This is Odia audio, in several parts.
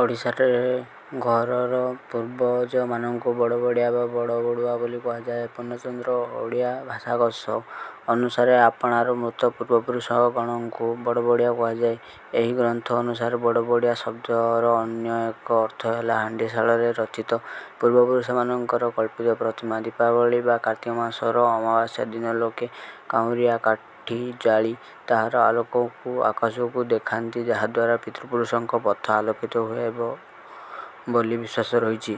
ଓଡ଼ିଶାରେ ଘରର ପୂର୍ବଜମାନଙ୍କୁ ବଡ଼ବଡ଼ିଆ ବା ବଡ଼ବଡ଼ୁଆ ବୋଲି କୁହାଯାଇଥାଏ। ପୂର୍ଣ୍ଣଚନ୍ଦ୍ର ଓଡ଼ିଆ ଭାଷାକୋଷ ଅନୁସାରେ ଆପଣାର ମୃତ ପୂର୍ବପୁରୁଷଗଣଙ୍କୁ ବଡ଼ବଡ଼ିଆ କୁହାଯାଏ। ଏହି ଗ୍ରନ୍ଥ ଅନୁସାରେ ବଡ଼ବଡ଼ିଆ ଶବ୍ଦର ଅନ୍ୟ ଏକ ଅର୍ଥ ହେଲା ହାଣ୍ଡିଶାଳରେ ରଚିତ ପୂର୍ବପୁରୁଷମାନଙ୍କର କଳ୍ପିତ ପ୍ରତିମା। ଦୀପାବଳୀ ବା କାର୍ତ୍ତିକ ମାସର ଅମାବାସ୍ୟା ଦିନ ଲୋକେ କାଉଁରିଆ କାଠି ଜାଳି ତାହାର ଆଲୋକକୁ ଆକାଶକୁ ଦେଖାନ୍ତି ଯାହାଦ୍ୱାରା ପିତୃପୁରୁଷଙ୍କ ପଥ ଆଲୋକିତ ହୁଏ ବୋଲି ବିଶ୍ୱାସ ରହିଛି।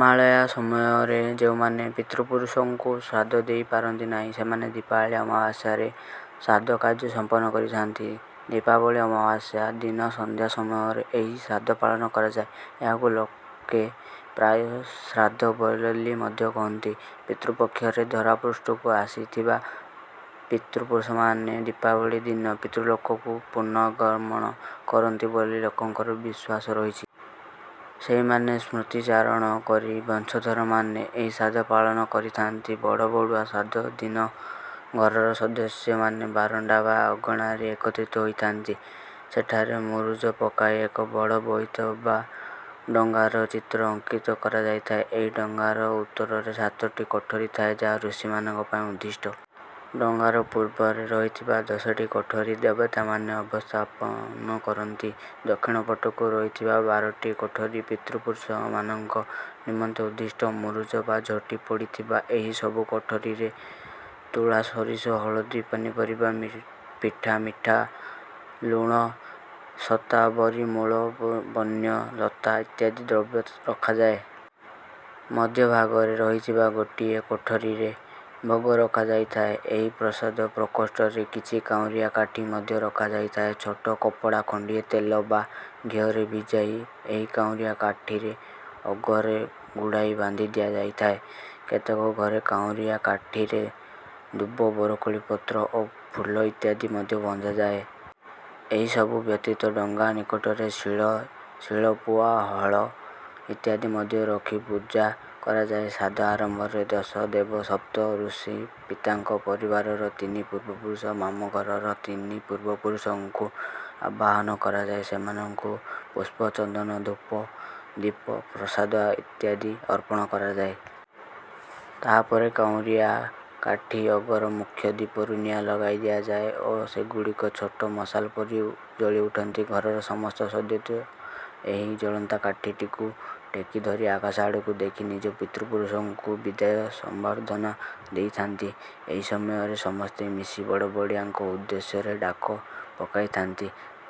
ମହାଳୟା ସମୟରେ ଯେଉଁମାନେ ପିତୃପୁରୁଷଙ୍କୁ ଶ୍ରାଦ୍ଧ ଦେଇ ପାରନ୍ତି ନାହିଁ ସେମାନେ ଦୀପାବଳୀ ଅମାବାସ୍ୟାରେ ଶ୍ରାଦ୍ଧ କାର୍ଯ୍ୟ ସମ୍ପନ୍ନ କରିଥାନ୍ତି। ଦୀପାବଳୀ ଅମାବାସ୍ୟା ଦିନ ସନ୍ଧ୍ୟା ସମୟରେ ଏହି ଶ୍ରାଦ୍ଧ ପାଳନ କରାଯାଏ। ଏହାକୁ ଲୋକେ ପ୍ରାୟେ ଶ୍ରାଦ୍ଧ ବୋଲି ମଧ୍ୟ କହିଥାନ୍ତି। ପିତୃପକ୍ଷରେ ଧରାପୃଷ୍ଠକୁ ଆସିଥିବା ପିତୃପୁରୁଷମାନେ ଦୀପାବଳୀ ଦିନ ପିତୃଲୋକକୁ ପୁନର୍ଗମନ କରନ୍ତି ବୋଲି ଲୋକଙ୍କର ବିଶ୍ୱାସ ରହିଛି। ସେହିମାନଙ୍କ ସ୍ମୃତି ଚାରଣ କରି ବଂଶଧରମାନେ ଏହି ଶ୍ରାଦ୍ଧ ପାଳନ କରିଥାନ୍ତି। ବଡ଼ବଡ଼ୁଆ ଶ୍ରାଦ୍ଧ ଦିନ ଘରର ସଦସ୍ୟମାନେ ବାରଣ୍ଡା ବା ଅଗଣାରେ ଏକତ୍ରିତ ହୋଇଥାନ୍ତି। ସେଠାରେ ମୁରୁଜ ପକାଇ ଏକ ବଡ଼ ବୋଇତ ବା ଡଙ୍ଗାର ଚିତ୍ର ଅଙ୍କିତ କରାଯାଇଥାଏ। ଏହି ଡଙ୍ଗାର ଉତ୍ତରରେ ସାତଟି କୋଠରୀ ଥାଏ ଯାହା ଋଷିମାନଙ୍କ ପାଇଁ ଉଦ୍ଦିଷ୍ଟ। ଡଙ୍ଗାର ପୂର୍ବରେ ରହିଥିବା ଦଶଟି କୋଠରୀ ଦେବତାମାନେ ଅବସ୍ଥାନ କରନ୍ତି। ଦକ୍ଷିଣ ପଟକୁ ରହିଥିବା ବାରଟି କୋଠରୀ ପିତୃପୁରୁଷମାନଙ୍କ ନିମନ୍ତେ ଉଦ୍ଦିଷ୍ଟ। ମୁରୁଜ ବା ଝୋଟି ପଡ଼ିଥିବା ଏହି ସବୁ କୋଠରୀରେ ତୁଳା ସୋରିଷ ହଳଦି ପନିପରିବା ପିଠା ମିଠା ଲୁଣ ଶତାବରୀ ମୂଳ ବନ୍ୟ ଲତା ଇତ୍ୟାଦି ଦ୍ରବ୍ୟ ରଖାଯାଏ। ମଧ୍ୟଭାଗରେ ରହିଥିବା ଗୋଟିଏ କୋଠରୀରେ ଭୋଗ ରଖାଯାଇଥାଏ। ଏହି ପ୍ରସାଦ ପ୍ରକୋଷ୍ଠରେ କିଛି କାଉଁରିଆ କାଠି ମଧ୍ୟ ରଖାଯାଇଥାଏ। ଛୋଟ କପଡ଼ା ଖଣ୍ଡିଏ ତେଲ ବା ଘିଅରେ ଭିଜାଇ ଏହି କାଉଁରିଆ କାଠିରେ ଅଗରେ ଗୁଡ଼ାଇ ବାନ୍ଧି ଦିଆଯାଇଥାଏ। କେତେକ ଘରେ କାଉଁରିଆ କାଠିରେ ଦୁବ ବରକୋଳି ପତ୍ର ଓ ଫୁଲ ଇତ୍ୟାଦି ମଧ୍ୟ ବନ୍ଧାଯାଏ। ଏହି ସବୁ ବ୍ୟତୀତ ଡଙ୍ଗା ନିକଟରେ ଶିଳ ଶିଳପୁଆ ହଳ ଇତ୍ୟାଦି ମଧ୍ୟ ରଖି ପୂଜା କରାଯାଏ। ଶ୍ରାଦ୍ଧ ଆରମ୍ଭରେ ଦଶ ଦେବ ସପ୍ତ ଋଷି ପିତାଙ୍କ ପରିବାରର ତିନି ପୂର୍ବପୁରୁଷ ମାମୁଁଘରର ତିନି ପୂର୍ବପୁରୁଷଙ୍କୁ ଆବାହନ କରାଯାଏ। ସେମାନଙ୍କୁ ପୁଷ୍ପ ଚନ୍ଦନ ଧୂପ ଦୀପ ପ୍ରସାଦ ଇତ୍ୟାଦି ଅର୍ପଣ କରାଯାଏ। ତାହାପରେ କାଉଁରିଆ କାଠି ଅଗରେ ମୁଖ୍ୟ ଦୀପରୁ ନିଆଁ ଲଗାଇ ଦିଆଯାଏ ଓ ସେଗୁଡ଼ିକ ଛୋଟ ମଶାଲ ପରି ଜଳି ଉଠନ୍ତି। ଘରର ସମସ୍ତ ସଦସ୍ୟ ଏହି ଜଳନ୍ତା କାଠିଟିକୁ ଟେକି ଧରି ଆକାଶଆଡ଼କୁ ଦେଖାଇ ନିଜ ପିତୃପୁରୁଷଙ୍କୁ ବିଦାୟ ସମ୍ବର୍ଦ୍ଧନା ଦେଇଥାନ୍ତି। ଏହି ସମୟରେ ସମସ୍ତେ ମିଶି ବଡ଼ବଡ଼ିଆଙ୍କ ଉଦ୍ଦେଶ୍ୟରେ ଡାକ ପକାଇଥାନ୍ତି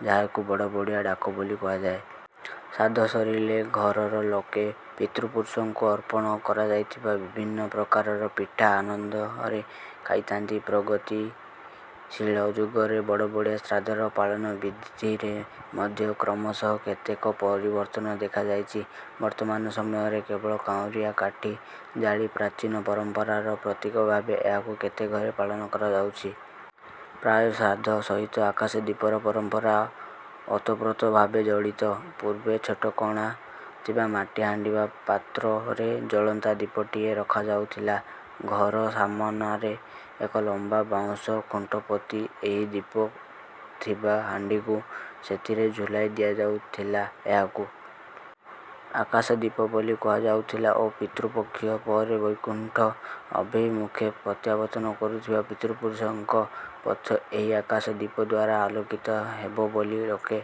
ଯାହାକୁ ବଡ଼ବଡ଼ିଆ ଡାକ ବୋଲି କୁହାଯାଏ। ଶ୍ରାଦ୍ଧ ସରିଲେ ଘରର ଲୋକେ ପିତୃପୁରୁଷଙ୍କୁ ଅର୍ପଣ କରାଯାଇଥିବା ବିଭିନ୍ନ ପ୍ରକାରର ପିଠା ଆନନ୍ଦରେ ଖାଇଥାନ୍ତି। ପ୍ରଗତିଶୀଳ ଯୁଗରେ ବଡ଼ବଡ଼ିଆ ଶ୍ରାଦ୍ଧର ପାଳନ ବିଧିରେ ମଧ୍ୟ କ୍ରମଶଃ କେତେକ ପରିବର୍ତ୍ତନ ଦେଖାଦେଇଛି। ବର୍ତ୍ତମାନ ସମୟରେ କେବଳ କାଉଁରିଆ କାଠି ଜାଳି ପ୍ରଚୀନ ପରମ୍ପରାର ପ୍ରତୀକ ଭାବେ ଏହାକୁ କେତେକ ଘରେ ପାଳନ କରାଯାଉଛି। ପ୍ରାୟ ଶ୍ରାଦ୍ଧ ସହିତ ଆକାଶଦୀପର ପରମ୍ପରା ଓତପ୍ରୋତ ଭାବେ ଜଡ଼ିତ। ପୂର୍ବେ ଛୋଟ କଣା ଥିବା ମାଟିହାଣ୍ଡି ବା ପାତ୍ରରେ ଜଳନ୍ତା ଦୀପଟିଏ ରଖାଯାଉଥିଲା। ଘର ସାମନାରେ ଏକ ଲମ୍ବା ବାଉଁଶ ଖୁଣ୍ଟ ପୋତି ଏହି ଦୀପ ଥିବା ହାଣ୍ଡିକୁ ସେଥିରେ ଝୁଲାଇ ଦିଆଯାଉଥିଲା। ଏହାକୁ ଆକାଶଦୀପ ବୋଲି କୁହାଯାଉଥିଲା ଓ ପିତୃପକ୍ଷ ପରେ ବୈକୁଣ୍ଠ ଅଭିମୁଖେ ପ୍ରତ୍ୟାବର୍ତ୍ତନ କରୁଥିବା ପିତୃପୁରୁଷଙ୍କ ପଥ ଏହି ଆକାଶଦୀପଦ୍ୱାରା ଆଲୋକିତ ହେବ ବୋଲି ଲୋକେ